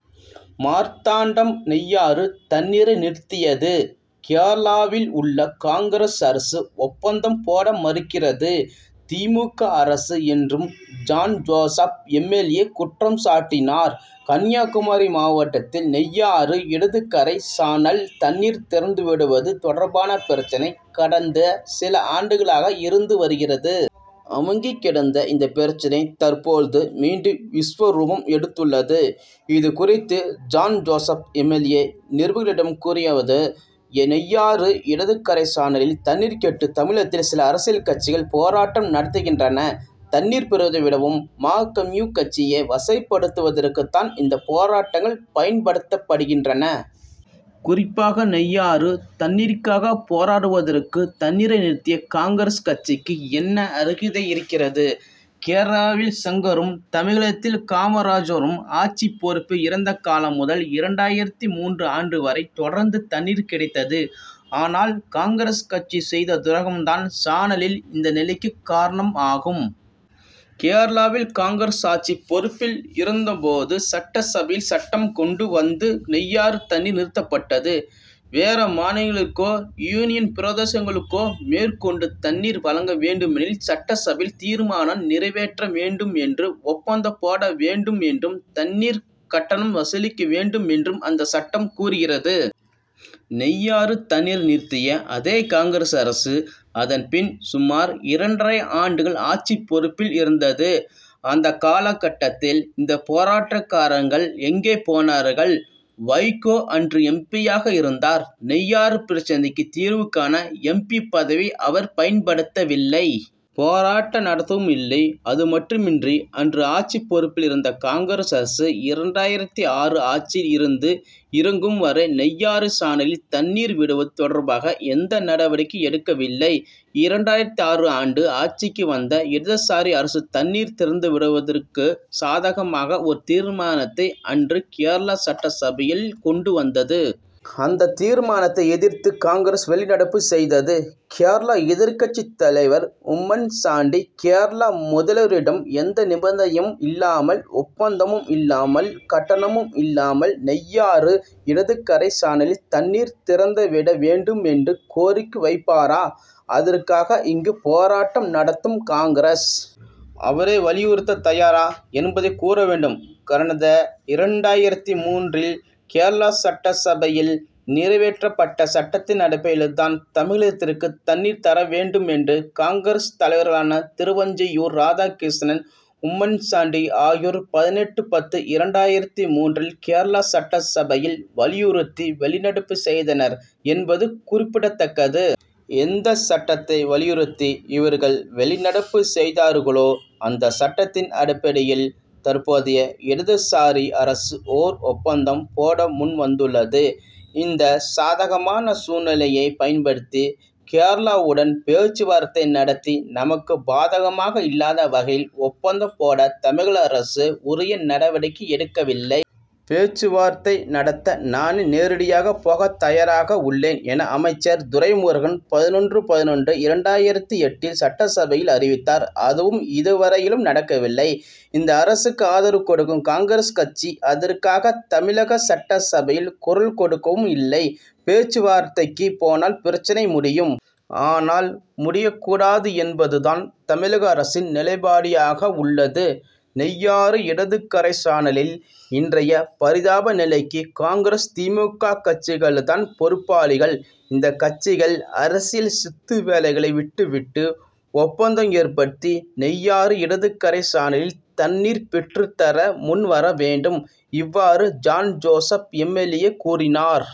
மார்த்தாண்டம் நெய்யாறு தண்ணீரை நிறுத்தியது கேரளாவில் உள்ள காங்., அரசு. ஒப்பந்தம் போட மறுக்கிறது தி. மு. க., அரசு என்று ஜாண்ஜோசப் எம். எல். ஏ. குற்றஞ்சாட்டினார். கன்னியாகுமரி மாவட்டத்தில் நெய்யாறு இடதுகரை சானல் தண்ணீர் திறந்து விடுவது தொடர்பான பிரச்னை கடந்த சில ஆண்டுகளாக இருந்து வருகிறது. அமுங்கி கிடந்த இந்த பிரச்னை தற்பொழுது மீண்டும் விஸ்வரூபம் எடுத்துள்ளது. இது குறித்து ஜாண்ஜோசப் எம். எல். ஏ., நிருபர்களிடம் கூறியதாவது நெய்யாறு இடதுகரை சானலில் தண்ணீர் கேட்டு தமிழகத்தில் சில அரசியல் கட்சிகள் போராட்டம் நடத்துகின்றன. தண்ணீர் பெறுவதை விடவும் மா.,கம்யூ., கட்சியை வசைபாடுவதற்கு தான் இந்த போராட்டங்கள் பயன்படுத்தப்படுகின்றன. குறிப்பாக நெய்யாறு தண்ணீருக்காக போராடுவதற்கு தண்ணீரை நிறுத்திய காங். கட்சிக்கு என்ன அருகதை இருக்கிறது. கேரளாவில் சங்கரும், தமிழகத்தில் காமராஜரும் ஆட்சி பொறுப்பில் இருந்த காலம் முதல் இரண்டாயிரத்து மூன்றும் ஆண்டு வரை தொடர்ந்து தண்ணீர் கிடைத்தது. ஆனால் காங். கட்சி செய்த துரோகம் தான் சானலில் இந்த நிலைக்கு காரணம் ஆகும். கேரளாவில் காங். ஆட்சி பொறுப்பில் இருந்த போது சட்டசபையில் சட்டம் கொண்டு வந்து நெய்யாறு தண்ணீர் நிறுத்தப்பட்டது. வேறு மாநிலங்களுக்கோ, யூனியன் பிரதேசங்களுக்கோ மேற்கொண்டு தண்ணீர் வழங்க வேண்டுமேனில் சட்டசபையில் தீர்மானம் நிறைவேற்ற வேண்டும் என்றும், ஒப்பந்தம் போட வேண்டும் என்றும், தண்ணீர் கட்டணம் வசூலிக்க வேண்டும் என்றும் அந்த சட்டம் கூறுகிறது. நெய்யாறு தண்ணீரை நிறுத்திய அதே காங்., அரசு அதன் பின் சுமார் இரண்டரை ஆண்டுகள் ஆட்சி பொறுப்பில் இருந்தது. அந்த காலகட்டத்தில் இந்த போராட்டக்காரங்கள் எங்கே போனார்கள். வைகோ அன்று எம். பி., யாக இருந்தார். நெய்யாறு பிரச்னைக்கு தீர்வு காண எம். பி., பதவியை அவர் பயன்படுத்தவில்லை. போராட்டம் நடத்தவும் இல்லை. அதுமட்டுமின்றி அன்று ஆட்சி பொறுப்பில் இருந்த காங்., அரசு இரண்டாயிரத்து ஆறுல் ஆட்சியில் இருந்து இறங்கும் வரை நெய்யாறு சானலில் தண்ணீர் விடுவது தொடர்பாக எந்த நடவடிக்கையும் எடுக்கவில்லை. இரண்டாயிரத்து ஆறும் ஆண்டு ஆட்சிக்கு வந்த இடதுசாரி அரசு தண்ணீர் திறந்து விடுவதற்கு சாதகமான ஒரு தீர்மானத்தை அன்று கேரள சட்டசபையில் கொண்டு வந்தது. அந்த தீர்மானத்தை எதிர்த்து காங்., வெளிநடப்பு செய்தது. கேரள எதிர்கட்சி தலைவர் உம்மன்சாண்டி, கேரள முதல்வரிடம் எந்த நிபந்தனையும் இல்லாமல், ஒப்பந்தமும் இல்லாமல், கட்டணமும் இல்லாமல் நெய்யாறு இடதுகரை சானலில் தண்ணீர் திறந்து விட வேண்டும் என்று கோரிக்கை வைப்பாரா. அதற்காக இங்கு போராட்டம் நடத்தும் காங்., அவரை வலியுறுத்த தயாரா என்பதை கூற வேண்டும். கடந்த இரண்டாயிரத்து மூன்றில் கேரள சட்டசபையில் நிறைவேற்றப்பட்ட சட்டத்தின் அடிப்படையில் தான் தமிழகத்திற்கு தண்ணீர் தர வேண்டும் என்று காங்., தலைவர்களான திருவஞ்சியூர் ராதாகிருஷ்ணன், உம்மன்சாண்டி ஆகியோர் பதினெட்டு. பத்து.இரண்டாயிரத்து மூன்றில் கேரளா சட்டசபையில் வலியுறுத்தி வெளிநடப்பு செய்தனர் என்பது குறிப்பிடத்தக்கது. எந்த சட்டத்தை வலியுறுத்தி இவர்கள் வெளிநடப்பு செய்தார்களோ அந்த சட்டத்தின் அடிப்படையில் தற்போதைய இடதுசாரி அரசு ஓர் ஒப்பந்தம் போட முன் வந்துள்ளது. இந்த சாதகமான சூழ்நிலையை பயன்படுத்தி கேரளாவுடன் பேச்சுவார்த்தை நடத்தி நமக்கு பாதகம் இல்லாத வகையில் ஒப்பந்தம் போட தமிழக அரசு உரிய நடவடிக்கை எடுக்கவில்லை. பேச்சுவார்த்தை நடத்த நானே நேரடியாக போக தயாராக உள்ளேன் என அமைச்சர் துரைமுருகன் பதினொன்று.பதினொன்று.இரண்டாயிரத்து எட்டில் சட்டசபையில் அறிவித்தார். அதுவும் இதுவரையிலும் நடக்கவில்லை. இந்த அரசுக்கு ஆதரவு கொடுக்கும் காங்., கட்சி அதற்காக தமிழக சட்டசபையில் குரல் கொடுக்கவும் இல்லை. பேச்சுவார்த்தைக்கு போனால் பிரச்னை முடியும். ஆனால் முடியக்கூடாது என்பது தான் தமிழக அரசின் நிலைபாடுயாக உள்ளது. நெய்யாறு இடதுகரை சானலில் இன்றைய பரிதாப நிலைக்கு காங்., தி. மு. க., கட்சிகள் தான் பொறுப்பாளிகள். இந்த கட்சிகள் அரசியல் சித்து வேலைகளை விட்டுவிட்டு ஒப்பந்தம் ஏற்படுத்தி நெய்யாறு இடதுகரை சானலில் தண்ணீர் பெற்றுத்தர முன்வர வேண்டும். இவ்வாறு ஜாண்ஜோசப் எம். எல். ஏ., கூறினார்.